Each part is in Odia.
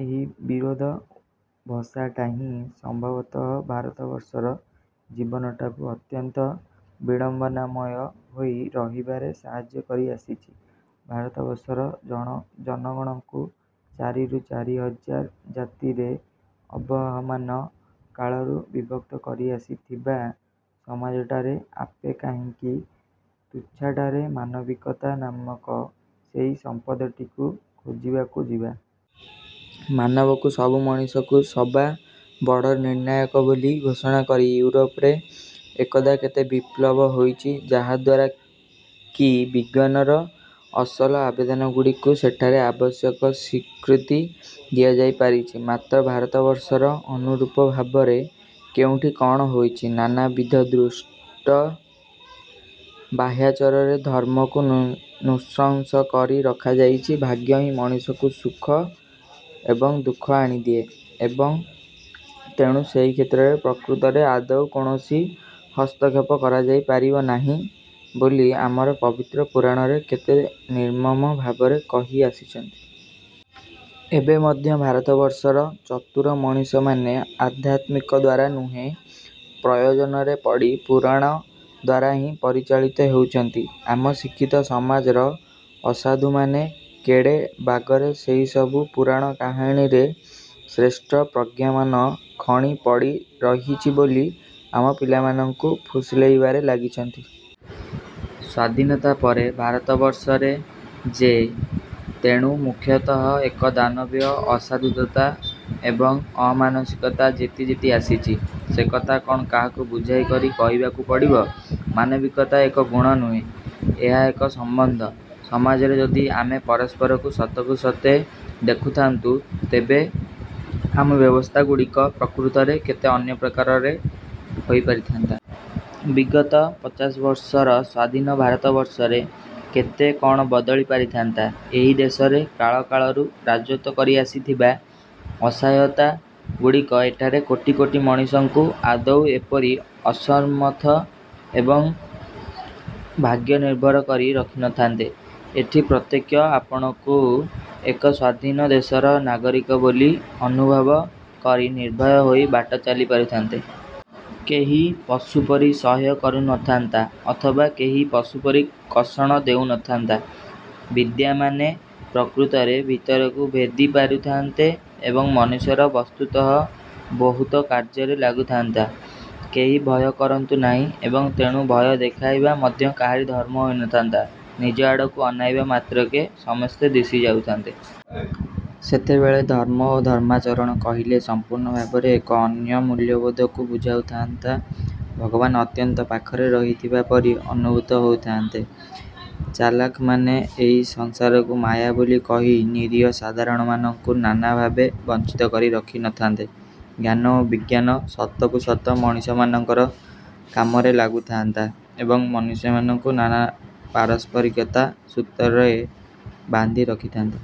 ଏହି ବିରୋଧ ଭସାଟା ହିଁ ସମ୍ଭବତଃ ଭାରତବର୍ଷର ଜୀବନଟାକୁ ଅତ୍ୟନ୍ତ ବିଡ଼ମ୍ବନାମୟ ହୋଇ ରହିବାରେ ସାହାଯ୍ୟ କରି ଆସିଛି। ଭାରତବର୍ଷର ଜଣ ଜନଗଣଙ୍କୁ ଚାରିରୁ ଚାରି ହଜାର ଜାତିରେ ଆବହମାନ କାଳରୁ ବିଭକ୍ତ କରି ଆସିଥିବା ସମାଜଟାରେ ଆପେ କାହିଁକି ତୁଛାଟାରେ ମାନବିକତା ନାମକ ସେହି ସମ୍ପଦଟିକୁ ଖୋଜିବାକୁ ଯିବା? ମାନବକୁ ସବୁ ମଣିଷଙ୍କୁ ସବା ବଡ଼ ନିର୍ଣ୍ଣାୟକ ବୋଲି ଘୋଷଣା କରି ଇଉରୋପରେ ଏକଦା କେତେ ବିପ୍ଳବ ହୋଇଛି, ଯାହାଦ୍ୱାରା କି ବିଜ୍ଞାନର ଅସଲ ଆବେଦନଗୁଡ଼ିକୁ ସେଠାରେ ଆବଶ୍ୟକ ସ୍ୱୀକୃତି ଦିଆଯାଇ ପାରିଛି। ମାତ୍ର ଭାରତବର୍ଷର ଅନୁରୂପ ଭାବରେ କେଉଁଠି କ'ଣ ହୋଇଛି? ନାନାବିଧ ଧୃଷ୍ଟ ବାହ୍ୟାଚାରରେ ଧର୍ମକୁ ନୃଶଂସ କରି ରଖାଯାଇଛି, ଭାଗ୍ୟ ହିଁ ମଣିଷକୁ ସୁଖ ଏବଂ ଦୁଃଖ ଆଣିଦିଏ ଏବଂ ତେଣୁ ସେହି କ୍ଷେତ୍ରରେ ପ୍ରକୃତରେ ଆଦୌ କୌଣସି ହସ୍ତକ୍ଷେପ କରାଯାଇ ପାରିବ ନାହିଁ, ବୋଲି ଆମର ପବିତ୍ର ପୁରାଣରେ କେତେ ନିର୍ମମ ଭାବରେ କହି ଆସିଛନ୍ତି। ଏବେ ମଧ୍ୟ ଭାରତବର୍ଷର ଚତୁର ମଣିଷମାନେ ଅଧ୍ୟାତ୍ମିକ ଦ୍ଵାରା ନୁହେଁ, ପ୍ରୟୋଜନରେ ପଡ଼ି ପୁରାଣ ଦ୍ଵାରା ହିଁ ପରିଚାଳିତ ହେଉଛନ୍ତି। ଆମ ଶିକ୍ଷିତ ସମାଜର ଅସାଧୁମାନେ କେଡ଼େ ବାଗରେ ସେହିସବୁ ପୁରାଣ କାହାଣୀରେ, ଶ୍ରେଷ୍ଠ ପ୍ରଜ୍ଞାମାନ ଖଣି ପଡ଼ି ରହିଛି ବୋଲି ଆମ ପିଲାମାନଙ୍କୁ ଫୁସୁଲେଇବାରେ ଲାଗିଛନ୍ତି। ସ୍ୱାଧୀନତା ପରେ ଭାରତବର୍ଷରେ ଯେ ତେଣୁ ମୁଖ୍ୟତଃ ଏକ ଦାନବୀୟ ଅସାଧୁତା ଏବଂ ଅମାନୁଷିକତା ଜିତି ଜିତି ଆସିଛି, ସେକଥା କ'ଣ କାହାକୁ ବୁଝାଇ କରି କହିବାକୁ ପଡ଼ିବ? ମାନବିକତା ଏକ ଗୁଣ ନୁହେଁ, ଏହା ଏକ ସମ୍ବନ୍ଧ। ସମାଜରେ ଯଦି ଆମେ ପରସ୍ପରକୁ ସତକୁ ସତେ ଦେଖୁଥାନ୍ତୁ, ତେବେ ଆମ ବ୍ୟବସ୍ଥାଗୁଡ଼ିକ ପ୍ରକୃତରେ କେତେ ଅନ୍ୟ ପ୍ରକାରରେ ହୋଇପାରିଥାନ୍ତା। ବିଗତ ପଚାଶ ବର୍ଷର ସ୍ଵାଧୀନ ଭାରତବର୍ଷରେ କେତେ କ'ଣ ବଦଳି ପାରିଥାନ୍ତା। ଏହି ଦେଶରେ କାଳକାଳରୁ ରାଜତ୍ଵ କରି ଆସିଥିବା ଅସହାୟତା ଗୁଡ଼ିକ ଏଠାରେ କୋଟି କୋଟି ମଣିଷଙ୍କୁ ଆଦୌ ଏପରି ଅସମର୍ଥ ଏବଂ ଭାଗ୍ୟନିର୍ଭର କରି ରଖିନଥାନ୍ତେ। ଏଠି ପ୍ରତ୍ୟେକେ ଆପଣାକୁ ଏକ ସ୍ୱାଧୀନ ଦେଶର ନାଗରିକ ବୋଲି ଅନୁଭବ କରି ନିର୍ଭୟ ହୋଇ ବାଟ ଚାଲି ପାରୁଥାନ୍ତେ। କେହି ପଶୁପରି ସହ୍ୟ କରୁନଥାନ୍ତା ଅଥବା କେହି ପଶୁପରି କଷଣ ଦେଉନଥାନ୍ତା। ବିଦ୍ୟାମାନେ ପ୍ରକୃତରେ ଭିତରକୁ ଭେଦି ପାରୁଥାଆନ୍ତେ ଏବଂ ମନୁଷ୍ୟର ବସ୍ତୁତଃ ବହୁତ କାର୍ଯ୍ୟରେ ଲାଗୁଥାନ୍ତେ। କେହି ଭୟ କରନ୍ତୁ ନାହିଁ ଏବଂ ତେଣୁ ଭୟ ଦେଖାଇବା ମଧ୍ୟ କାହାରି ଧର୍ମ ହୋଇନଥାନ୍ତା। ନିଜ ଆଡ଼କୁ ଅନାଇବା ମାତ୍ରକେ ସମସ୍ତେ ଦିଶି ଯାଉଥାନ୍ତେ। ସେତେବେଳେ ଧର୍ମ ଓ ଧର୍ମାଚରଣ କହିଲେ ସମ୍ପୂର୍ଣ୍ଣ ଭାବରେ ଏକ ଅନ୍ୟ ମୂଲ୍ୟବୋଧକୁ ବୁଝାଉ ଥାଆନ୍ତା। ଭଗବାନ ଅତ୍ୟନ୍ତ ପାଖରେ ରହିଥିବା ପରି ଅନୁଭୂତ ହେଉଥାଆନ୍ତେ। ଚାଲାଖମାନେ ଏହି ସଂସାରକୁ ମାୟା ବୋଲି କହି ନିରୀହ ସାଧାରଣମାନଙ୍କୁ ନାନା ଭାବେ ବଂଚିତ କରି ରଖିନଥାନ୍ତେ। ଜ୍ଞାନ ଓ ବିଜ୍ଞାନ ସତକୁ ସତ ମଣିଷମାନଙ୍କର କାମରେ ଲାଗୁଥାଆନ୍ତା ଏବଂ ମନୁଷ୍ୟମାନଙ୍କୁ ନାନା ପାରସ୍ପରିକତା ସୂତ୍ରରେ ବାନ୍ଧି ରଖିଥାନ୍ତା।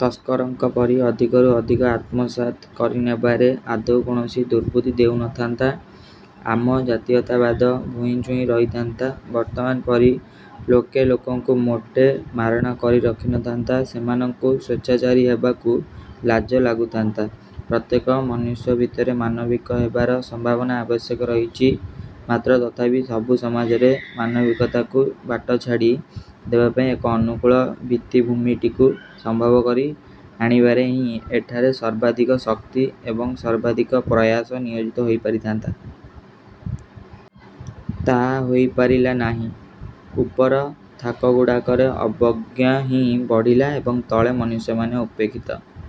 ତସ୍କରଙ୍କ ପରି ଅଧିକରୁ ଅଧିକ ଆତ୍ମସାତ୍ କରିନେବାରେ ଆଦୌ କୌଣସି ଦୁର୍ବୁଦ୍ଧି ଦେଉନଥାନ୍ତା। ଆମ ଜାତୀୟତାବାଦ ଭୂଇଁ ଛୁଇଁ ରହିଥାନ୍ତା, ବର୍ତ୍ତମାନ ପରି ଲୋକେ ଲୋକଙ୍କୁ ମୋଟେ ମାରଣା କରି ରଖିନଥାନ୍ତା। ସେମାନଙ୍କୁ ସ୍ୱେଚ୍ଛାଚାରୀ ହେବାକୁ ଲାଜ ଲାଗୁଥାନ୍ତା। ପ୍ରତ୍ୟେକ ମନୁଷ୍ୟ ଭିତରେ ମାନବିକ ହେବାର ସମ୍ଭାବନା ଅବଶ୍ୟ ରହିଛି, ମାତ୍ର ତଥାପି ସବୁ ସମାଜରେ ,ମାନବିକତାକୁ ବାଟ ଛାଡ଼ି ଦେବାପାଇଁ ଏକ ଅନୁକୂଳ ଭିତ୍ତିଭୂମିଟିକୁ ସମ୍ଭବ କରି ଆଣିବାରେ ହିଁ ଏଠାରେ ସର୍ବାଧିକ ଶକ୍ତି ଏବଂ ସର୍ବାଧିକ ପ୍ରୟାସ ନିୟୋଜିତ ହୋଇପାରିଥାନ୍ତା। ତାହା ହୋଇପାରିଲା ନାହିଁ। ଉପର ଥାକଗୁଡାକରେ ଅବଜ୍ଞା ହିଁ ବଢ଼ିଲା ଏବଂ ତଳେ ମନୁଷ୍ୟମାନେ ଉପେକ୍ଷିତ ।